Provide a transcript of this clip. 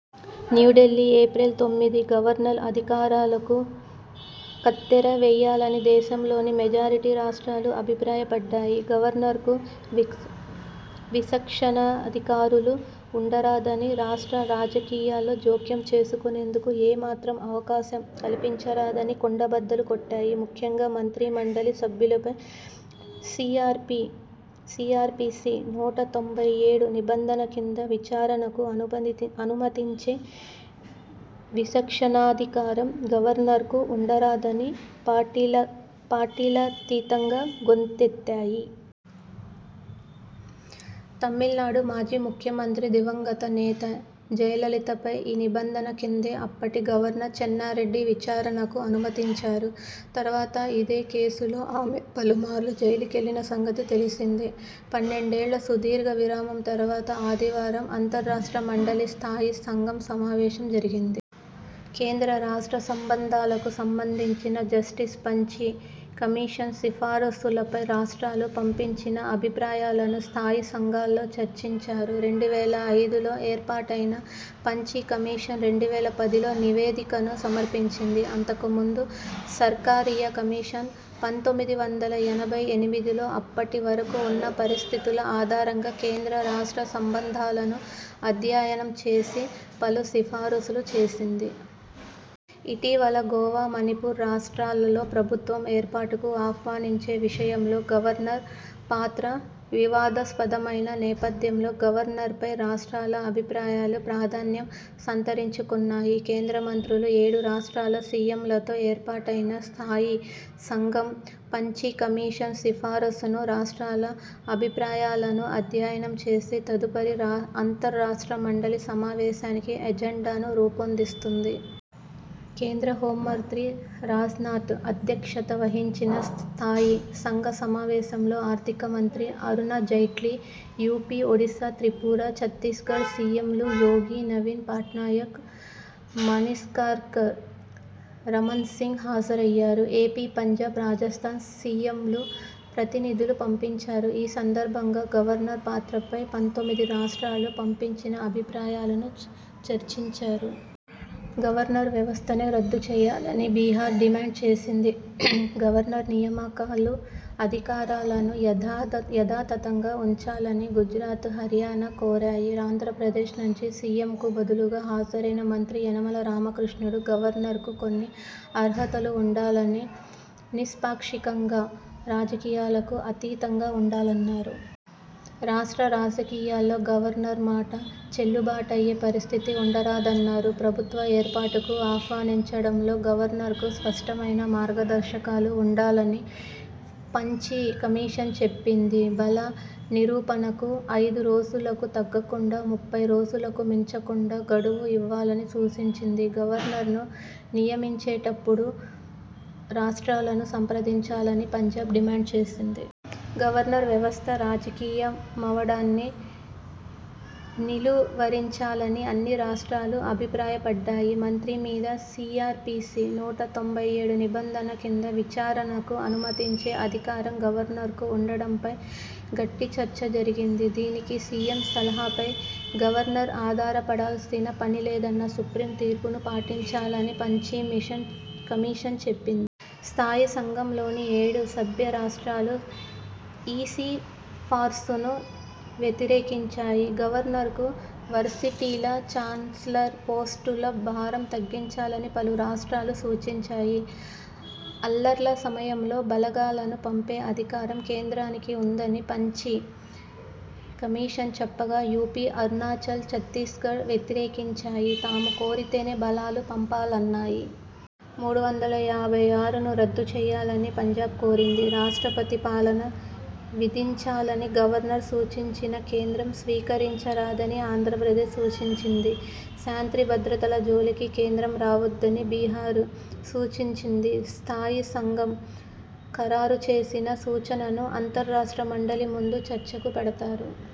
New Delhi April తొమ్మిది governor అధికారాలకు కత్తెర వేయాలని దేశంలోని మెజారిటీ రాష్ట్రాలు అభిప్రాయపడ్డాయి. గవర్నర్కు విచక్షణాధికారాలు ఉండరాదని, రాష్ట్ర రాజకీయాల్లో జోక్యం చేసుకొనేందుకు ఏ మాత్రం అవకాశం కల్పించరాదని కుండబద్దలు కొట్టాయి. ముఖ్యంగా మంత్రి మండలి సభ్యులపై సీఆర్పీసీ నూట తొంభై ఏడు నిబంధన కింద విచారణకు అనుమతించే విచక్షణాధికారం గవర్నర్కు ఉండరాదని పార్టీలకతీతంగా గొంతెత్తాయి. తమిళనాడు మాజీ ముఖ్యమంత్రి, దివంగత నేత జయలలితపై ఈ నిబంధన కిందే అప్పటి గవర్నర్ చెన్నారెడ్డి విచారణకు అనుమతించారు. తర్వాత ఇదే కేసులో ఆమె పలుమార్లు జైలుకెళ్లిన సంగతి తెలిసిందే. పన్నెండేళ్ల సుదీర్ఘ విరామం తర్వాత ఆదివారం అంతర్రాష్ట్ర మండలి స్థాయీ సం ఘం సమావేశం జరిగింది. కేంద్ర-రాష్ట్ర సంబంధాలకు సంబంధించి జస్టిస్ పంచీ కమిషన్ సిఫార్సులపై రాష్ట్రాలు పంపించిన అభిప్రాయాలను స్థాయీ సంఘంలో చర్చించారు. రెండు వేల ఐదులో ఏర్పాటైన పంఛీ కమిషన్ రెండు వేల పదిలో నివేదికను సమర్పించింది. అంతకు ముందు సర్కారియా కమిషన్ పంతొమ్మిది వందల ఎనభై ఎనిమిదిలో అప్పటివరకు ఉన్న పరిస్థితుల ఆధారంగా కేంద్ర-రాష్ట్ర సంబంధాలను అధ్యయనం చేసి పలు సిఫార్సులు చేసింది. ఇటీవల గోవా, మణిపూ ర్ రాష్ట్రాల్లో ప్రభుత్వం ఏర్పాటుకు ఆహ్వానించే విషయంలో గవర్నర్ల పాత్ర వివాదాస్పదమైన నేపథ్యంలో గవర్నర్లపై రాష్ట్రాల అభిప్రాయాలు ప్రాధాన్యం సంతరించుకున్నాయి. కేంద్ర మం త్రులు, ఏడు రాష్ట్రాల సీఎంలతో ఏర్పాటైన స్థాయీసంఘం పంఛీ కమిషన్ సిఫార్సులను, రాష్ట్రాల అభిప్రాయాలను అధ్యయనం చేసి, తదుపరి అంతర్రాష్ట్ర మండలి సమావేశానికి ఎజెండాను రూపొందిస్తుంది. కేంద్ర హోంమంత్రి రాజ్నాథ్ అధ్యక్షత వహించిన స్థాయీ సంఘ సమావేశంలో ఆర్థికమంత్రి అరుణ్ జైట్లీ, యూపీ, ఒడిసా, త్రిపుర, ఛత్తీ్సగఢ్ సీఎంలు యోగి, నవీన్ పట్నాయక్, మానిక్సర్కార్, రమణ్సింగ్ హాజరయ్యారు. ఏపీ, పంజాబ్, రాజస్థాన్ సీఎంలు ప్రతినిధులను పంపించారు. ఈ సందర్భంగా గవర్నర్ పాత్రపై పంతొమ్మిది రాష్ట్రాలు పంపించిన అభిప్రాయాలను చర్చించారు. గవర్నర్ల వ్యవస్థనే రద్దు చేయాలని బిహా ర్ డిమాండ్ చేసింది. గవర్నర్ నియామకాలు, అధికారాలను యధాతథంగా ఉంచాలని గుజరాత, హర్యానా కోరాయి. ఆంధ్రప్రదేశ్ నుంచి సీఎంకు బదులుగా హాజరైన మంత్రి యనమల రామకృష్ణుడు గవర్నర్లకు కొన్ని అర్హతలు ఉండాలని, నిష్పాక్షికం గా, రాజకీయాలకు అతీతంగా ఉండాలన్నారు. రాష్ట్ర రాజకీయా ల్లో గవర్నర్ మాట చెల్లుబాటయ్యే పరిస్థితి ఉండరాదన్నారు. ప్రభుత్వ ఏర్పాటుకు ఆహ్వానించడంలో గవర్నర్కు స్పష్టమైన మార్గదర్శకాలు ఉండాలని పంఛీ కమిషన్ చెప్పింది. బల నిరూపణకు ఐదు రోజులకు తగ్గకుండా, ముప్పై రోజులకు మించకుండా గడువు ఇవ్వాలని సూచించింది. గవర్నర్లను నియమించేటప్పు డు రాష్ట్రాలను సంప్రదించాలని పంజాబ్ డిమాండ్ చేసింది. గవర్నర్ వ్యవస్థ రాజకీయమవడాన్ని నిలువరించాలని అన్ని రాష్ట్రాలు అభిప్రాయపడ్డాయి. మంత్రి మీద సీఆర్పీసీ నూట తొంభై ఏడు నిబంధన కింద విచారణకు అనుమతించే అధికారం గవర్నర్కు ఉండటంపై గట్టి చర్చ జరిగింది. దీనికి సీఎం సలహాపై గవర్న ర్ ఆధారపడాల్సిన పనిలేదన్న సుప్రీం తీర్పును పాటించాలని పంఛీ కమిషన్ చెప్పింది. స్థాయీ సంఘంలోని ఏడు సభ్య రాష్ట్రా లూ ఈసిఫార్సును వ్యతిరేకించాయి. గవర్నర్లకు వర్సిటీల చాన్స్లర్ పోస్టుల భారం తగ్గించాలని పలు రాష్ట్రాలు సూచించాయి. అల్లర్ల సమయంలో బలగాలను పంపే అధికారం కేంద్రానికి ఉందని పంఛీ కమిషన్ చెప్పగా యూపీ, అరుణాచల్, ఛత్తీ్సగఢ్ వ్యతిరేకించాయి. తాము కోరితేనే బలగాలు పంపాలన్నా యి. మూడు వందల యాభై ఆరును రద్దు చేయాలని పంజాబ్ కోరింది. రాష్ట్రపతి పాలన విధించాలని గవర్నర్ సూచించినా కేంద్రం స్వీకరించరాదని ఆంధ్రప్రదేశ్ సూచించింది. శాంతి భద్రతల జోలికి కేంద్రం రావొద్దని బిహార్ సూచించింది. స్థాయీ సంఘం ఖరారు చేసిన సూచనలను అంతర్రాష్ట్ర మండలి ముందు చర్చకు పెడతారు.